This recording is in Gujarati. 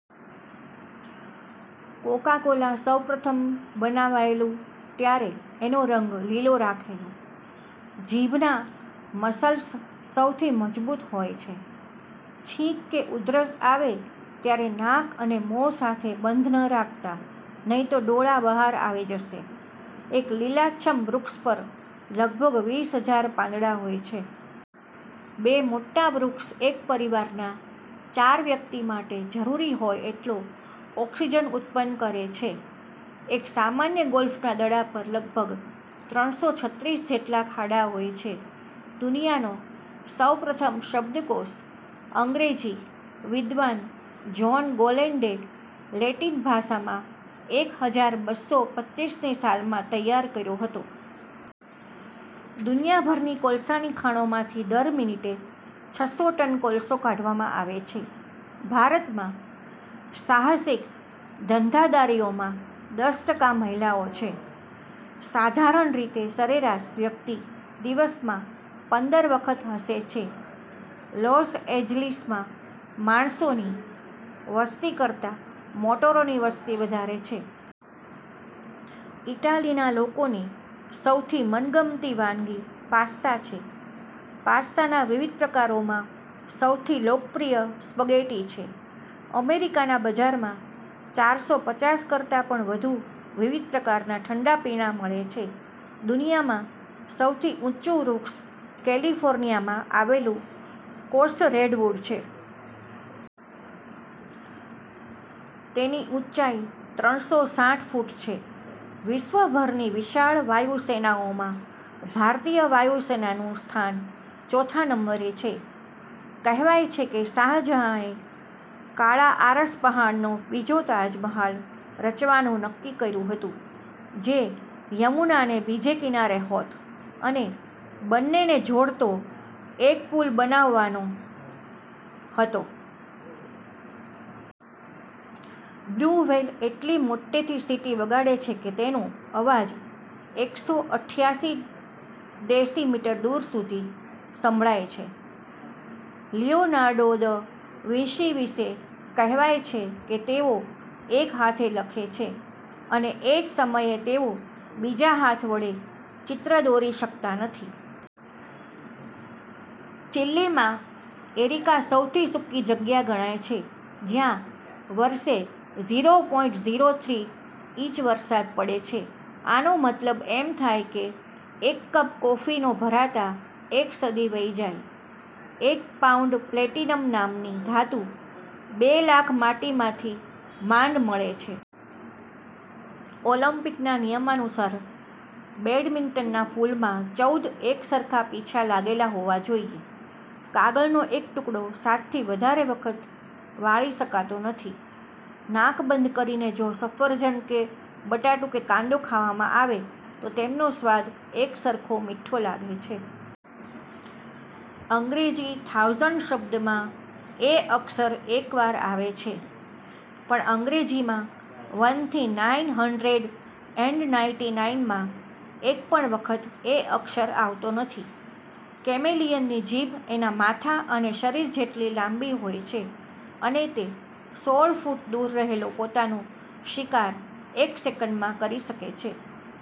કોકાકોલા સૌપ્રથમ બનાવાયેલું ત્યારે એનો રંગ લીલો રાખેલો. જીભનાં મસલ્સ સૌથી મજબૂત હોય છે. છીંક કે ઉધરસ આવે ત્યારે નાક અને મોં સાથે બંધ ન રાખતા નહીં તો ડોળા બહાર આવી જશે. એક લીલાછમ્મ વૃક્ષ પર લગભગ વીસહજાર પાંદડાં હોય છે. બે મોટા વૃક્ષ એક પરિવારના ચાર વ્યક્તિ માટે જરૂરી હોય એટલો ઑક્સિજન ઉત્પન્ન કરે છે. એક સામાન્ય ગોલ્ફના દડા પર લગભગ ત્રણસો છત્રીસ જેટલા ખાડા હોય છે. દુનિયાનો સૌપ્રથમ શબ્દકોષ અંગ્રેજી વિદ્વાન જોન ગોલેન્ડે લેટિન ભાષામાં એક હજાર બસો પચીસ ની સાલમાં તૈયાર કર્યો હતો. દુનિયાભરની કોલસાની ખાણોમાંથી દર મિનિટે છસો ટન કોલસો કાઢવામાં આવે છે. ભારતમાં સાહસિક ધંધાદારીઓમાં દસ ટકા મહિલાઓ છે. સાધારણ રીતે સરેરાશ વ્યક્તિ દિવસમાં પંદર વખત હસે છે. લૉસ ઍજલિસમાં માણસોની વસ્તિ કરતાં મોટરોની વસ્તિ વધારે છે. ઈટાલીના લોકોની સૌથી મનગમતી વાનગી 'પાસ્તા' છે. પાસ્તાના વિવિધ પ્રકારોમાં સૌથી લોકપ્રિય સ્પગેટી છે. અમેરિકાના બજારમાં ચારસો પચાસ કરતા પણ વધુ વિવિધ પ્રકારના ઠંડા પીણા મળે છે. દુનિયામાં સૌથી ઊંચું વૃક્ષ કેલિફોર્નિયામાં આવેલું કોસ્ટ રેડ્વૂડ છે. તેની ઊંચાઈ ત્રણસો સાઠ ફૂટ છે. વિશ્વભરની વિશાળ વાયુસેનાઓમાં ભારતીય વાયુસેનાનું સ્થાન ચોથા નંબરે છે. કહેવાય છે કે શાહજહાએ કાળા આરસપહાણનો બીજો તાજ મહાલ રચવાનું નક્કી કર્યું હતું જે યમુનાને બીજે કિનારે હોત અને બંને ને જોડતો એક પુલ બનાવવાનો હતો. બ્લુ વ્હેલ એટલી મોટેથી સીટી વગાડે છે કે તેનો અવાજ એકસો અઠ્ઠયાસી ડેસી મીટર દૂર સુધી સંભળાય છે. લિયોનાર્ડો દ વિંશી વિષે કહેવાય છે કે તેઓ એક હાથે લખે છે, અને એજ સમયે તેઓ બીજા હાથ વડે ચિત્ર દોરી શકતા હતા. ચીલીમાં એરિકા સૌથી સૂકી જ્ગ્યા ગણાય છે જ્યાં વરસે zero point zero three inch વરસાદ પડે છે. આનો મતલબ એમ થાય કે એક કપ કોફીનો ભરાતા એક સદી વહી જાય. એક પાઉંડ પ્લેટિનમ નામની ધાતુ બે લાખ માટીમાંથી માંડ મળે છે. ઑલંપિકના નિયમાનુસાર બેડમિગ્ટનના ફૂલમાં ચૌદ એક સરખા પીંછા લાગેલા હોવા જોઈએ. કાગળનો એક ટુકડો સાત થી વધારે વખત વાળી શકાતો નથી. નાક બંધ કરીને જો સફરજન કે બટાટું કે કાંદો ખાવામાં આવે તો તેમનો સ્વાદ એકસરખો મીઠો લાગે છે. અંગ્રેજી થાઉસંડ શબ્દમાં એ અક્ષર એક વાર આવે છે પણ અંગ્રેજીમાં વનથી નાઈન હડ્રેડ એંડ નાઈટી નાઈનમાં એકપણ વખત એ અક્ષર આવતો નથી. કેમેલિયનની જીભ એના માથા અને શરીર જેટલી લાંબી હોય છે અને તે સોળ ફૂટ દૂર રહેલો પોતાનો શિકાર એક સેકંડમાં કરી શકે છે.